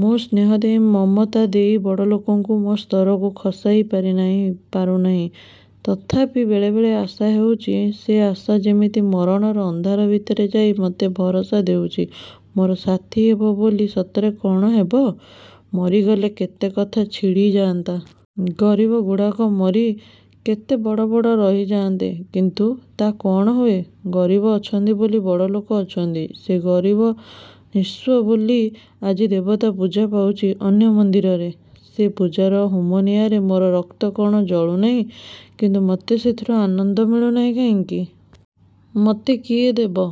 ମୁଁ ସ୍ନେହ ଦେଇ, ମମତା ଦେଇ ବଡ଼ଲୋକଙ୍କୁ ମୋ ସ୍ତରକୁ ଖସାଇ ପାରିନାହିଁ। ପାରୁନାହିଁ। ତଥାପି ବେଳେବେଳେ ଆଶା ହେଉଛି। ସେ ଆଶା ଯେମିତି ମରଣର ଅନ୍ଧାର ଭିତରେ ଯାଇ ମୋତେ ଭରସା ଦେଉଛି ମୋର ସାଥୀ ହେବ ବୋଲି। ସତରେ କ'ଣ ହେବ? ମରିଗଲେ କେତେ କଥା ଛିଡ଼ି ଯାଆନ୍ତା। ଗରିବଗୁଡ଼ାକ ମରି, କେତେ ବଡ଼ବଡ଼ ରହିଯାଆନ୍ତେ। କିନ୍ତୁ ତା' କ'ଣ ହୁଏ? ଗରିବ ଅଛନ୍ତି ବୋଲି ବଡ଼ଲୋକ ଅଛନ୍ତି। ସେ ଗରିବ, ନିଃସ୍ୱ ବୋଲି ଆଜି ଦେବତା ପୂଜା ପାଉଛି ଅନ୍ୟ ମନ୍ଦିରରେ। ସେ ପୂଜାର ହୋମନିଆଁରେ ମୋ ରକ୍ତ କ'ଣ ଜଳୁ ନାହିଁ? କିନ୍ତୁ ମୋତେ ସେଥିରୁ ଆନନ୍ଦ ମିଳୁ ନାହିଁ କାହିଁକି? ମୋତେ କିଏ ଦେବ?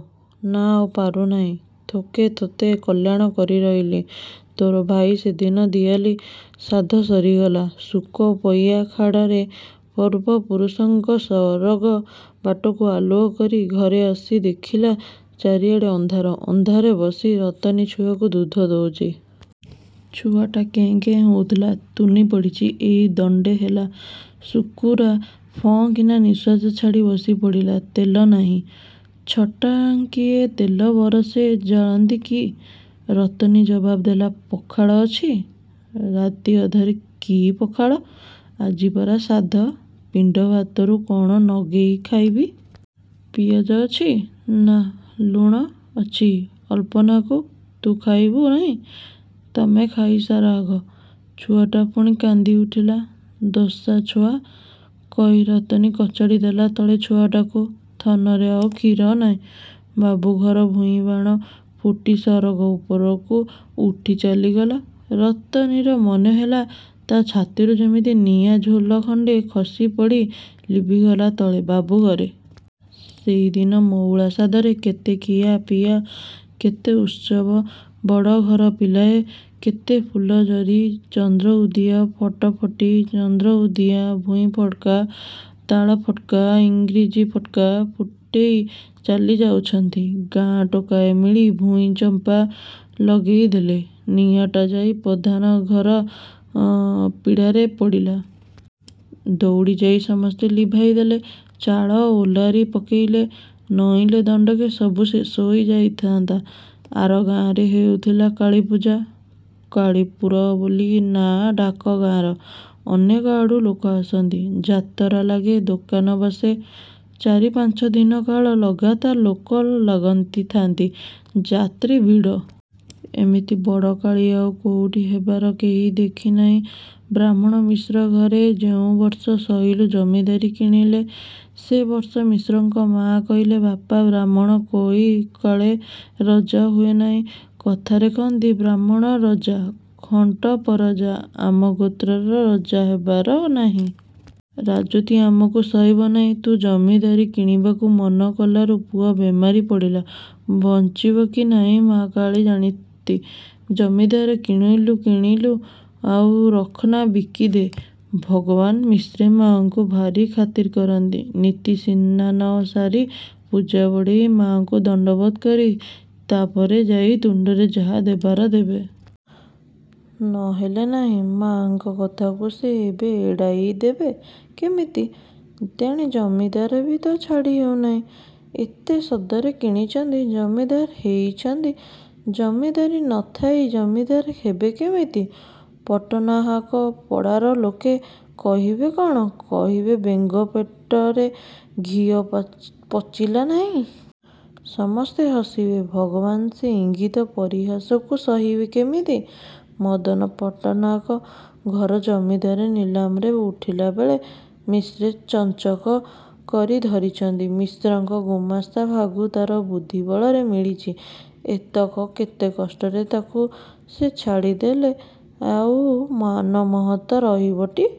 ନା, ଆଉ ପାରୁନାହିଁ। ଥୋକେ ତୋତେ କଲ୍ୟାଣ କରି ରହିଲି। ତୋର ଭାଇ ସେଦିନ ଦିଆଲି। ଶ୍ରାଦ୍ଧ ସରିଗଲା। ଶୁକ ପଇଁଆ ଖାଡ଼ରେ ପୂର୍ବପୁରୁଷଙ୍କ ସରଗ ବାଟକୁ ଆଲୁଅ କରି ଘରେ ଆସି ଦେଖିଲା, ଚାରିଆଡ଼େ ଅନ୍ଧାର। ଅନ୍ଧାରରେ ବସି ରତନୀ ଛୁଆକୁ ଦୁଧ ଦଉଚି। ଛୁଆଟା କେଁ କେଁ ହଉଥିଲା, ତୁନି ପଡ଼ିଚି ଏଇ ଦଣ୍ଡେ ହେଲା। ଶୁକୁରା ଫଁ କିନା ନିଃଶ୍ୱାସ ଛାଡ଼ି ବସି ପଡ଼ିଲା।“ତେଲ ନାହିଁ?”“ଛଟାଙ୍କିଏ ତେଲ ବରଷେ ଜାଳନ୍ତି କି?” ରତନୀ ଜବାବ ଦେଲା।“ପଖାଳ ଅଛି?”“ରାତିଅଧରେ କି ପଖାଳ? ଆଜି ପରା ଶ୍ରାଦ୍ଧ! ପିଣ୍ଡ ଭାତରୁ”“କ'ଣ ନଗେଇ ଖାଇବି? ପିଆଜ ଅଛି?”ନା।“ଲୁଣ?”“ଅଛି, ଅଳ୍ପନାକୁ।”“ତୁ ଖାଇବୁ ନାହିଁ?”“ତମେ ଖଇସାର, ଆଗ।”ଛୁଆଟା ପୁଣି କାନ୍ଦି ଉଠିଲା।“ଦଶା ଛୁଆ!” କହି ରତନୀ କଚାଡ଼ି ଦେଲା ତଳେ ଛୁଆଟାକୁ। ଥନରେ ଆଉ କ୍ଷୀର ନାହିଁ। ବାବୁଘର ଭୂଇଁବାଣ ଫୁଟି ସରଗ ଉପରକୁ ଉଠି ଚାଲିଗଲା। ରତନୀର ମନେ ହେଲା, ତା' ଛାତିରୁ ଯେମିତି ନିଆଁ ଝୁଲଖଣ୍ଡେ ଖସିପଡ଼ି ଲିଭିଗଲା ତଳେ! ବାବୁଘରେ ସେଦିନ ମଉଳା ଶ୍ରାଦ୍ଧରେ କେତେ ଖିଆପିଆ, କେତେ ଉତ୍ସବ! ବଡ଼ଘର ପିଲାଏ କେତେ ଫୁଲଝରି, ଚନ୍ଦ୍ରଉଦିଆ, ଫଟଫଟି, ଚନ୍ଦ୍ରଉଦିଆ ଭୂଇଁ ଫଟକା, ତାଳ ଫଟକା, ଇଂରିଜୀ ଫଟକା ଫୁଟେଇ ଚାଲିଯାଉଛନ୍ତି। ଗାଁ ଟୋକାଏ ମିଳି ଭୂଇଁଚମ୍ପା ଲଗେଇ ଦେଲେ। ନିଆଁଟା ଯାଇ ପଧାନ ଘର ପିଢ଼ାରେ ପଡ଼ିଲା। ଦଉଡ଼ି ଯାଇ ସମସ୍ତେ ଲିଭାଇ ଦେଲେ, ଚାଳ ଓଲାରି ପକେଇଲେ। ନଇଲେ ଦଣ୍ଡକେ ସବୁ ଶେଷ ହେଇ ଯାଇଥାନ୍ତା। ଆର ଗାଁରେ ହେଉଥିଲା କାଳୀପୂଜା। ‘କାଳୀପୁର’ ବୋଲି ନାଆଁ ଡାକ ଗାଁର। ଅନେକ ଆଡ଼ୁ ଲୋକ ଆସନ୍ତି। ଯାତରା ଲାଗେ, ଦୋକାନ ବସେ। ଚାରିପାଞ୍ଚ ଦିନ କାଳ ଲଗାତାର ଲୋକ ଲାଗିଥାନ୍ତି, ଯାତ୍ରୀ ଭିଡ଼। ଏମିତି ବଡ଼ କାଳୀ ଆଉ କେଉଁଠି ହେବାର କେହି ଦେଖି ନାହିଁ। ବାହ୍ମୁଣ ମିଶ୍ରଘରେ ଯେଉଁ ବର୍ଷ ସହିଲୁ ଜମିଦାରୀ କିଣିଲେ, ସେ ବର୍ଷ ମିଶ୍ରଙ୍କ ମା' କହିଲେ“ବାପା, ବାହ୍ମୁଣ କୋଇ କାଳେ ରଜା ହୁଏ ନାହିଁ। କଥାରେ କହନ୍ତି ବାହ୍ମୁଣ ରଜା, ଖଣ୍ଟ ପରଜା। ଆମ ଗୋତ୍ରରେ ରଜା ହେବାର ନାହିଁ। ରାଜୁତି ଆମକୁ ସଇବ ନାହିଁ। ତୁ ଜମିଦାରୀ କିଣିବାକୁ ମନ କଲାରୁ ପୁଅ ବେମାରି ପଡ଼ିଲା। ବଞ୍ଚିବ କି ନାହିଁ ମା' କାଳୀ ଜାଣନ୍ତି। ଜମିଦାରୀ କିଣିଲୁ କିଣିଲୁ, ଆଉ ରଖନା ବିକି ଦେ।”ଭଗବାନ ମିଶ୍ରେ ମା'ଙ୍କୁ ଭାରି ଖାତିର କରନ୍ତି। ନିତି ସିନାନ ସାରି, ପୂଜା ବଢ଼େଇ, ମା'ଙ୍କୁ ଦଣ୍ଡବତ କରି, ତା'ପରେ ଯାଇ ତୁଣ୍ଡରେ ଯାହା ଦେବାର ଦେବେ। ନ ହେଲେ ନାହିଁ। ମା'ଙ୍କ କଥାକୁ ସେ ଏବେ ଏଡ଼ାଇ ଦେବେ କେମିତି? ତେଣେ ଜମିଦାରୀ ବି ତ ଛାଡ଼ି ହେଉ ନାହିଁ। ଏତେ ସଦରେ କିଣିଛନ୍ତି। ଜମିଦାର ହେଇଛନ୍ତି। ଜମିଦାରୀ ନ ଥାଇ ଜମିଦାର ହେବେ କେମିତି? ପଟ୍ଟନାହାକ ପଡ଼ାର ଲୋକେ କହିବେ କ'ଣ? କହିବେ ବେଙ୍ଗ ପେଟରେ ଘିଅ ପଚିଲା ନାହିଁ। ସମସ୍ତେ ହସିବେ। ଭଗବାନ ସେ ଇଙ୍ଗିତ ପରିହାସକୁ ସହିବେ କେମିତି? ମଦନ ପଟ୍ଟନାହାକ ଘର ଜମିଦାରୀ ନିଲାମରେ ଉଠିଲାବେଳେ ମିଶ୍ରେ ଚଞ୍ଚକ କରି ଧରିଛନ୍ତି। ମିଶ୍ରଙ୍କ ଗୁମାସ୍ତା ଭାଗୁ। ତା'ର ବୁଦ୍ଧିବଳରେ ମିଳିଛି ଏତକ କେତେ କଷ୍ଟରେ। ତାକୁ ସେ ଛାଡ଼ି ଦେଲେ ଆଉ ମାନମହତ ରହିବଟି!